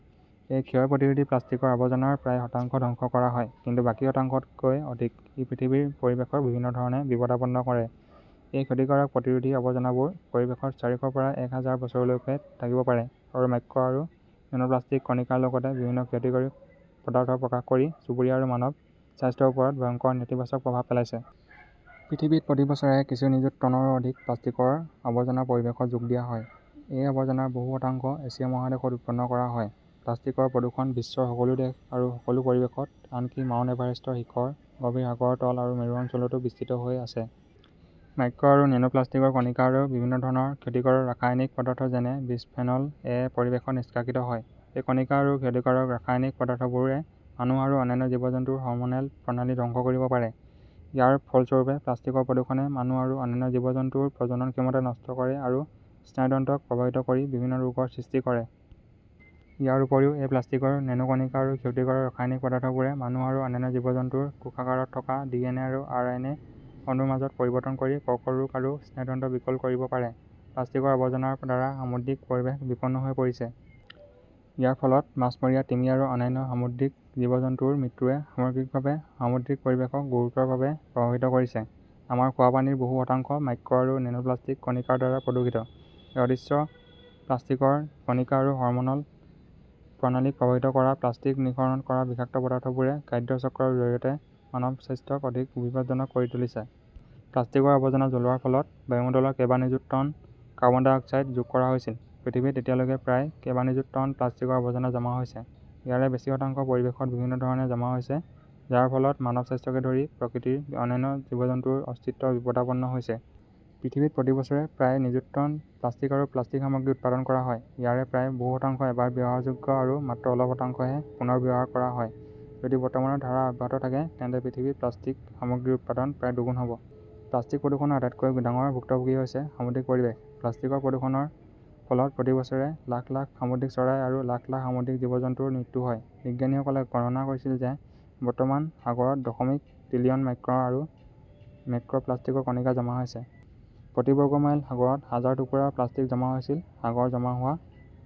এই ক্ষয় প্ৰতিৰোধী প্লাষ্টিকৰ আৱৰ্জনাৰ প্ৰায় শতাংশ ধ্বংস কৰা হয়, কিন্তু বাকী শতাংশতকৈ অধিক । ই পৃথিৱীৰ পৰিৱেশক বিভিন্ন ধৰণে বিপদাপন্ন কৰে। এই ক্ষতিকাৰক প্ৰতিৰোধী আৱৰ্জনাবোৰ পৰিৱেশত চাৰিশৰ পৰা এক হাজাৰ বছৰলৈকে থাকিব পাৰে আৰু মাইক্ৰ আৰু নেনোপ্লাস্টিক কণিকাৰ লগতে বিভিন্ন ক্ষতিকাৰক পদাৰ্থ প্ৰকাশ কৰি চুবুৰীয়া আৰু মানৱ স্বাস্থ্যৰ ওপৰত ভয়ংকৰ নেতিবাচক প্ৰভাৱ পেলাইছে। পৃথিৱীত প্ৰতি বছৰে কিছু নিযুত টনৰো অধিক প্লাষ্টিকৰ আৱৰ্জনা পৰিৱেশত যোগ দিয়া হয়। এই আৱৰ্জনাৰ বহু শতাংশ এছিয়া মহাদেশত উৎপাদন কৰা হয়। প্লাষ্টিকৰ প্ৰদূষণ বিশ্বৰ সকলো দেশ আৰু সকলো পৰিৱেশত, আনকি মাউণ্ট এভাৰেষ্টৰ শিখৰ, গভীৰ সাগৰৰ তল আৰু মেৰু অঞ্চলতো বিস্তৃত হৈ আছে। মাইক্ৰ আৰু নেনো প্লাষ্টিকৰ কণিকা আৰু বিভিন্ন ধৰণৰ ক্ষতিকাৰক ৰাসায়নিক পদাৰ্থ, যেনে বিসফেনল-এ পৰিৱেশত নিষ্কাশিত হয়। এই কণিকা আৰু ক্ষতিকাৰক ৰাসায়নিক পদাৰ্থবোৰে মানুহ আৰু অন্যান্য জীৱ-জন্তুৰ হৰম'নেল প্ৰণালী ধ্বংস কৰিব পাৰে। ইয়াৰ ফলস্বৰূপে প্লাষ্টিকৰ প্ৰদূষণে মানুহ আৰু অন্যান্য জীৱ-জন্তুৰ প্ৰজনন ক্ষমতা নষ্ট কৰে আৰু স্নায়ুতন্ত্ৰক প্ৰভাৱিত কৰি বিভিন্ন ৰোগৰ সৃষ্টি কৰে। ইয়াৰ উপৰিও এই প্লাষ্টিকৰ নেনো কণিকা আৰু ক্ষতিকাৰক ৰাসায়নিক পদাৰ্থবোৰে মানুহ আৰু অন্যান্য জীৱ-জন্তুৰ কোষাগাৰত থকা ডিএনএ আৰু আৰএনএ অণুৰ মাজত পৰিৱৰ্তন কৰি কৰ্কট ৰোগ বা স্নায়ুতন্ত্ৰ বিকল কৰিব পাৰে। প্লাষ্টিকৰ আৱৰ্জনাৰ দ্বাৰা সামুদ্ৰিক পৰিৱেশ বিপন্ন হৈ পৰিছে। ইয়াৰ ফলত মাছমৰীয়া, তিমি আৰু অন্যান্য সামুদ্ৰিক জীৱ-জন্তুৰ মৃত্যুৱে সামগ্ৰিকভাৱে সামুদ্ৰিক পৰিৱেশক গুৰুতৰভাৱে প্ৰভাৱিত কৰিছে। আমাৰ খোৱা পানীৰ বহু শতাংশ মাইক্ৰ আৰু নেনোপ্লাস্টিক কণিকাৰ দ্বাৰা প্ৰদূষিত। এই অদৃশ্য প্লাষ্টিকৰ কণিকা আৰু হৰম'ন'ল প্ৰণালীক প্ৰভাৱিত কৰা প্লাষ্টিক নিঃসৰণ কৰা বিষাক্ত পদাৰ্থবোৰে খাদ্য চক্ৰৰ জৰিয়তে মানৱ স্বাস্থ্যক অধিক বিপদজনক কৰি তুলিছে। প্লাষ্টিকৰ আৱৰ্জনা জ্বলোৱাৰ ফলত বায়ুমণ্ডলত কেইবা নিযুত টন কাৰ্বন ডাই অক্সাইড যোগ কৰা হৈছিল। পৃথিৱীত এতিয়ালৈকে প্ৰায় কেইবা নিযুত টন প্লাষ্টিকৰ আৱৰ্জনা জমা হৈছে। ইয়াৰে বেছি শতাংশ পৰিৱেশত বিভিন্ন ধৰণে জমা হৈছে, যাৰ ফলত মানৱ স্বাস্থ্যকে ধৰি প্ৰকৃতিৰ অন্যান্য জীৱ-জন্তুৰ অস্তিত্ব বিপদাপন্ন হৈছে। পৃথিৱীত প্ৰতি বছৰে প্ৰায় নিযুত টন প্লাষ্টিক আৰু প্লাষ্টিক সামগ্ৰী উৎপাদন কৰা হয়। ইয়াৰে প্ৰায় বহু শতাংশ এবাৰ ব্যৱহাৰযোগ্য আৰু মাত্ৰ অলপ শতাংশহে পুনৰ ব্যৱহাৰ কৰা হয়। যদি বৰ্তমানৰ ধাৰা অব্যাহত থাকে, তেন্তে পৃথিৱীত প্লাষ্টিক সামগ্ৰীৰ উৎপাদন প্ৰায় দুগুণ হ'ব। প্লাষ্টিক প্ৰদূষণৰ আটাইতকৈ ডাঙৰ ভুক্তভোগী হৈছে সামুদ্ৰিক পৰিৱেশ। প্লাষ্টিকৰ প্ৰদূষণৰ ফলত প্ৰতি বছৰে লাখ লাখ সামুদ্ৰিক চৰাই আৰু লাখ লাখ সামুদ্ৰিক জীৱ-জন্তুৰ মৃত্যু হয়। বিজ্ঞানীসকলে গণনা কৰিছিল যে বৰ্তমান সাগৰত দশমিক ত্ৰিলিয়ন মাইক্ৰ আৰু মেক্ৰ'প্লাষ্টিকৰ কণিকা জমা হৈছে। প্ৰতি বৰ্গ মাইল সাগৰত হাজাৰ টুকুৰা প্লাষ্টিক জমা হৈছিল। সাগৰত জমা হোৱা